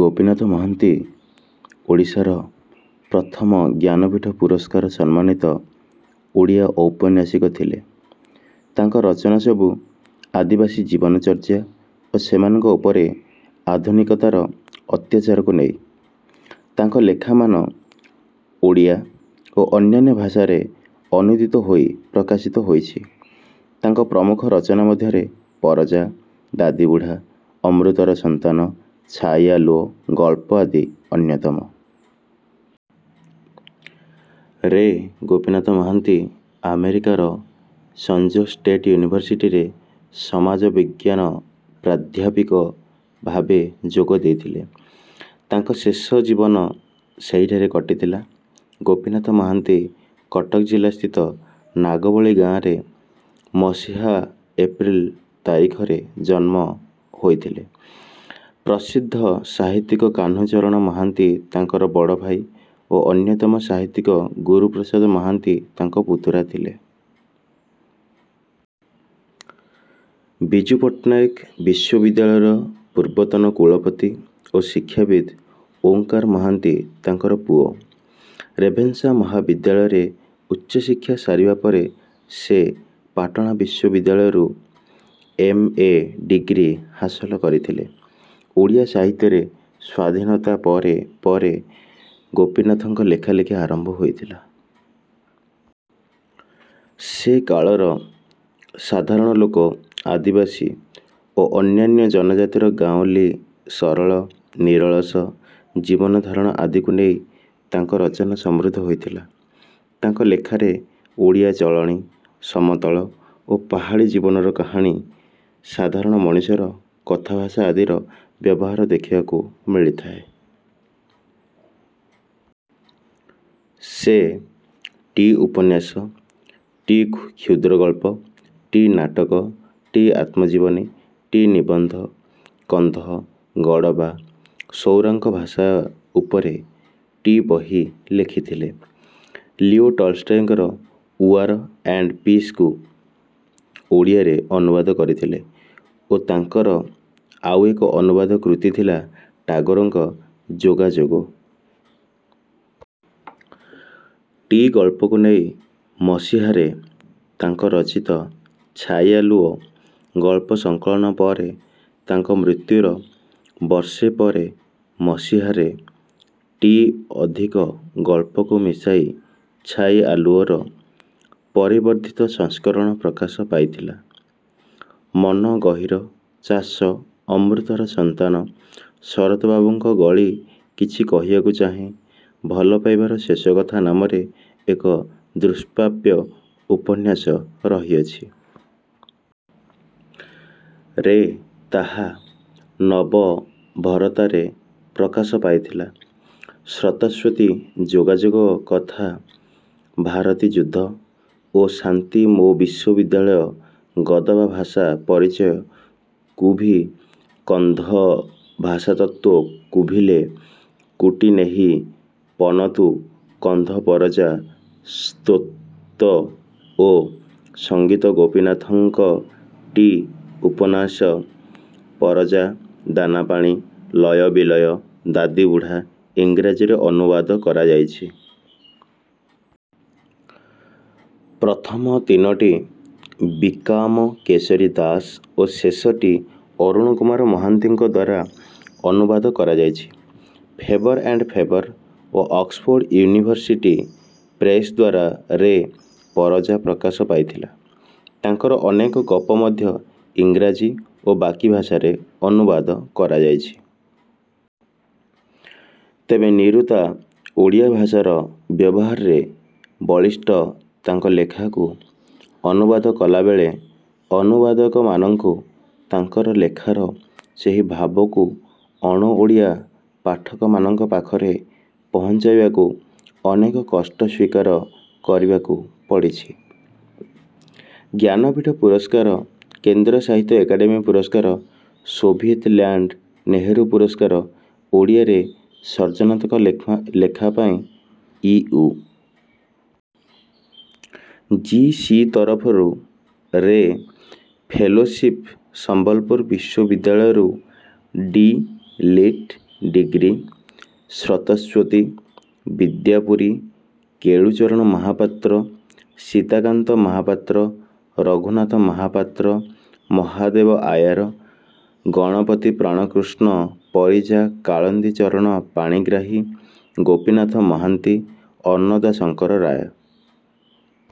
ଗୋପୀନାଥ ମହାନ୍ତି ଓଡ଼ିଶାର ପ୍ରଥମ ଜ୍ଞାନପୀଠ ପୁରସ୍କାର ସମ୍ମାନିତ ଓଡ଼ିଆ ଔପନ୍ୟାସିକ ଥିଲେ। ତାଙ୍କ ରଚନାସବୁ ଆଦିବାସୀ ଜୀବନଚର୍ଯ୍ୟା ଓ ସେମାନଙ୍କ ଉପରେ ଆଧୁନିକତାର ଅତ୍ୟାଚାରକୁ ନେଇ। ତାଙ୍କ ଲେଖାମାନ ଓଡ଼ିଆ ଓ ଅନ୍ୟାନ୍ୟ ଭାଷାରେ ଅନୁଦିତ ହୋଇ ପ୍ରକାଶିତ ହୋଇଛି। ତାଙ୍କ ପ୍ରମୁଖ ରଚନା ମଧ୍ୟରେ ପରଜା, ଦାଦିବୁଢ଼ା, ଅମୃତର ସନ୍ତାନ, ଛାଇଆଲୁଅ ଗଳ୍ପ ଆଦି ଅନ୍ୟତମ। ରେ ଗୋପୀନାଥ ମହାନ୍ତି ଆମେରିକାର ସାନ୍ଜୋସ୍ ଷ୍ଟେଟ୍ ୟୁନିଭର୍ସିଟିରେ ସମାଜବିଜ୍ଞାନ ପ୍ରାଧ୍ୟାପକ ଭାବେ ଯୋଗ ଦେଇଥିଲେ। ତାଙ୍କର ଶେଷ ଜୀବନ ସେହିଠାରେ କଟିଥିଲା। ଗୋପୀନାଥ ମହାନ୍ତି କଟକ ଜିଲ୍ଲା ସ୍ଥିତ ନାଗବଳି ଗାଆଁରେ ମସିହା ଏପ୍ରିଲ ତାରିଖରେ ଜନ୍ମ ହୋଇଥିଲେ। ପ୍ରସିଦ୍ଧ ସାହିତ୍ୟିକ କାହ୍ନୁଚରଣ ମହାନ୍ତି ତାଙ୍କର ବଡ଼ ଭାଇ ଓ ଅନ୍ୟତମ ସାହିତ୍ୟିକ ଗୁରୁପ୍ରସାଦ ମହାନ୍ତି ତାଙ୍କ ପୁତୁରା ଥିଲେ। ବିଜୁ ପଟ୍ଟନାୟକ ବିଶ୍ୱବିଦ୍ୟାଳୟର ପୂର୍ବତନ କୁଳପତି ଓ ଶିକ୍ଷାବିଦ୍ ଓଁକାରନାଥ ମହାନ୍ତି ତାଙ୍କର ପୁଅ। ରେଭେନ୍ସା ମହାବିଦ୍ୟାଳୟରେ ଉଚ୍ଚଶିକ୍ଷା ସରିବା ପରେ ସେ ପାଟଣା ବିଶ୍ୱବିଦ୍ୟାଳୟରୁ ରେ ଏମ. ଏ. ଡିଗ୍ରି ହାସଲ କରିଥିଲେ। ଓଡ଼ିଆ ସାହିତ୍ୟରେ ସ୍ୱାଧୀନତା ପରେ ପରେ ଗୋପୀନାଥଙ୍କ ଲେଖାଲେଖି ଆରମ୍ଭ ହୋଇଥିଲା। ସେ କାଳର ସାଧାରଣ ଲୋକ, ଆଦିବାସୀ ଓ ଅନ୍ୟାନ୍ୟ ଜନଜାତିର ଗାଉଁଲି ସରଳ, ନିରଳସ ଜୀବନଧାରଣ ଆଦିକୁ ନେଇ ତାଙ୍କ ରଚନା ସମୃଦ୍ଧ ହୋଇଥିଲା। ତାଙ୍କ ଲେଖାରେ ଓଡ଼ିଆ ଚଳଣି, ସମତଳ ଓ ପାହାଡ଼ି ଜୀବନର କାହାଣୀ, ସାଧାରଣ ମଣିଷର କଥାଭାଷା ଆଦିର ବ୍ୟବହାର ଦେଖିବାକୁ ମିଳିଥାଏ। ସେ ଟି ଉପନ୍ୟାସ, ଟି କ୍ଷୁଦ୍ରଗଳ୍ପ, ଟି ନାଟକ, ଟି ଆତ୍ମଜୀବନୀ, ଟି ନିବନ୍ଧ, କନ୍ଧ, ଗଡ଼ବା, ସଉରାଙ୍କ ଭାଷା ଉପରେ ଟି ବହି ଲେଖିଥିଲେ। ଲିଓ ଟଲଷ୍ଟୟଙ୍କ "ଉଆର ଆଣ୍ଡ ପିସ"କୁ ଓଡ଼ିଆରେ ଅନୁବାଦ କରିଥିଲେ ଓ ତାଙ୍କର ଆଉ ଏକ ଅନୁବାଦ କୃତି ଥିଲା ଟାଗୋରଙ୍କ "ଯୋଗାଯୋଗ"। ଟି ଗଳ୍ପକୁ ନେଇ ମସିହାରେ ତାଙ୍କ ରଚିତ " ଛାଇଆଲୁଅ " ଗଳ୍ପ-ସଂକଳନ ପରେ ତାଙ୍କ ମୃତ୍ୟୁର ବର୍ଷେ ପରେ ମସିହାରେ ଟି ଅଧିକ ଗଳ୍ପକୁ ମିଶାଇ " ଛାଇଆଲୁଅ "ର ପରିବର୍ଦ୍ଧିତ ସଂସ୍କରଣ ପ୍ରକାଶ ପାଇଥିଲା। ମନ ଗହୀର ଚାଷ ଅମୃତର ସନ୍ତାନ ଶରତବାବୁଙ୍କ ଗଳି କିଛି କହିବାକୁ ଚାହେଁ 'ଭଲପାଇବାର ଶେଷ କଥା ' ନାମରେ ଏକ ଦୁଷ୍ପ୍ରାପ୍ୟ ଉପନ୍ୟାସ ରହିଅଛି। ରେ ତାହା ନବଭରତାରେ ପ୍ରକାଶ ପାଇଥିଲା। ସ୍ରୋତସ୍ୱତୀ ଯୋଗାଯୋଗ କଥା ଭାରତୀ ଯୁଦ୍ଧ ଓ ଶାନ୍ତି ମୋ ବିଶ୍ୱବିଦ୍ୟାଳୟ ଗଦବା ଭାଷା ପରିଚୟ କୁଭି କନ୍ଧ ଭାଷାତତ୍ତ୍ୱ କୁଭିଲେ କୁଟିନେହି ପନତୁ କନ୍ଧ ପରଜା ସ୍ତ୍ରୋତ ଓ ସଙ୍ଗୀତ ଗୋପୀନାଥଙ୍କ ଟି ଉପନ୍ୟାସ- ପରଜା, ଦାନାପାଣି, ଲୟ ବିଲୟ, ଦାଦି ବୁଢ଼ା ଇଂରାଜୀରେ ଅନୁବାଦ କରାଯାଇଛି। ପ୍ରଥମ ତିନୋଟି ବିକାମ କେଶରୀ ଦାସ ଓ ଶେଷଟି ଅରୁଣ କୁମାର ମହାନ୍ତିଙ୍କଦ୍ୱାରା ଅନୁବାଦ କରାଯାଇଛି। ଫେବର ଆଣ୍ଡ ଫେବର ଓ ଅକ୍ସଫୋର୍ଡ଼ ଇଉନିଭର୍ସିଟି ପ୍ରେସ ଦ୍ୱାରା ରେ ପରଜା' ପ୍ରକାଶ ପାଇଥିଲା। ତାଙ୍କର ଅନେକ ଗପ ମଧ୍ୟ ଇଂରାଜୀ ଓ ବାକି ଭାଷାରେ ଅନୁବାଦ କରାଯାଇଛି। ତେବେ ନିରୁତା ଓଡ଼ିଆ ଭାଷାର ବ୍ୟବହାରରେ ବଳିଷ୍ଠ ତାଙ୍କଲେଖାକୁ ଅନୁବାଦ କଲାବେଳେ ଅନୁବାଦକମାନଙ୍କୁ ତାଙ୍କ ଲେଖାର ସେହି ଭାବକୁ ଅଣ-ଓଡ଼ିଆ ପାଠକମାନଙ୍କ ପାଖରେ ପହଞ୍ଚାଇବାକୁ ଅନେକ କଷ୍ଟ ସ୍ୱୀକାର କରିବାକୁ ପଡ଼ିଛି। ଜ୍ଞାନପୀଠ ପୁରସ୍କାର, କେନ୍ଦ୍ର ସାହିତ୍ୟ ଏକାଡେମୀ ପୁରସ୍କାର, ସୋଭିଏତ ଲ୍ୟାଣ୍ଡ ନେହେରୁ ପୁରସ୍କାର, ଓଡ଼ିଆରେ ସର୍ଜନାତ୍ମକ ଲେଖା ପାଇଁ ଇଉ. ଜି. ସି. ତରଫରୁ ରେ ଫେଲୋସିପ ସମ୍ବଲପୁର ବିଶ୍ୱବିଦ୍ୟାଳୟରୁ D. Litt. Degree, Srotaswati. Bidyapuri. Kelucharan Mohapatra Sitakant Mahapatra Raghunath Mohapatra Mahadev Iyer Ganapati Pranakrushna Parija Kalindi Charan Panigrahi Gopinath Mohanty Annada Shankar ରାୟ।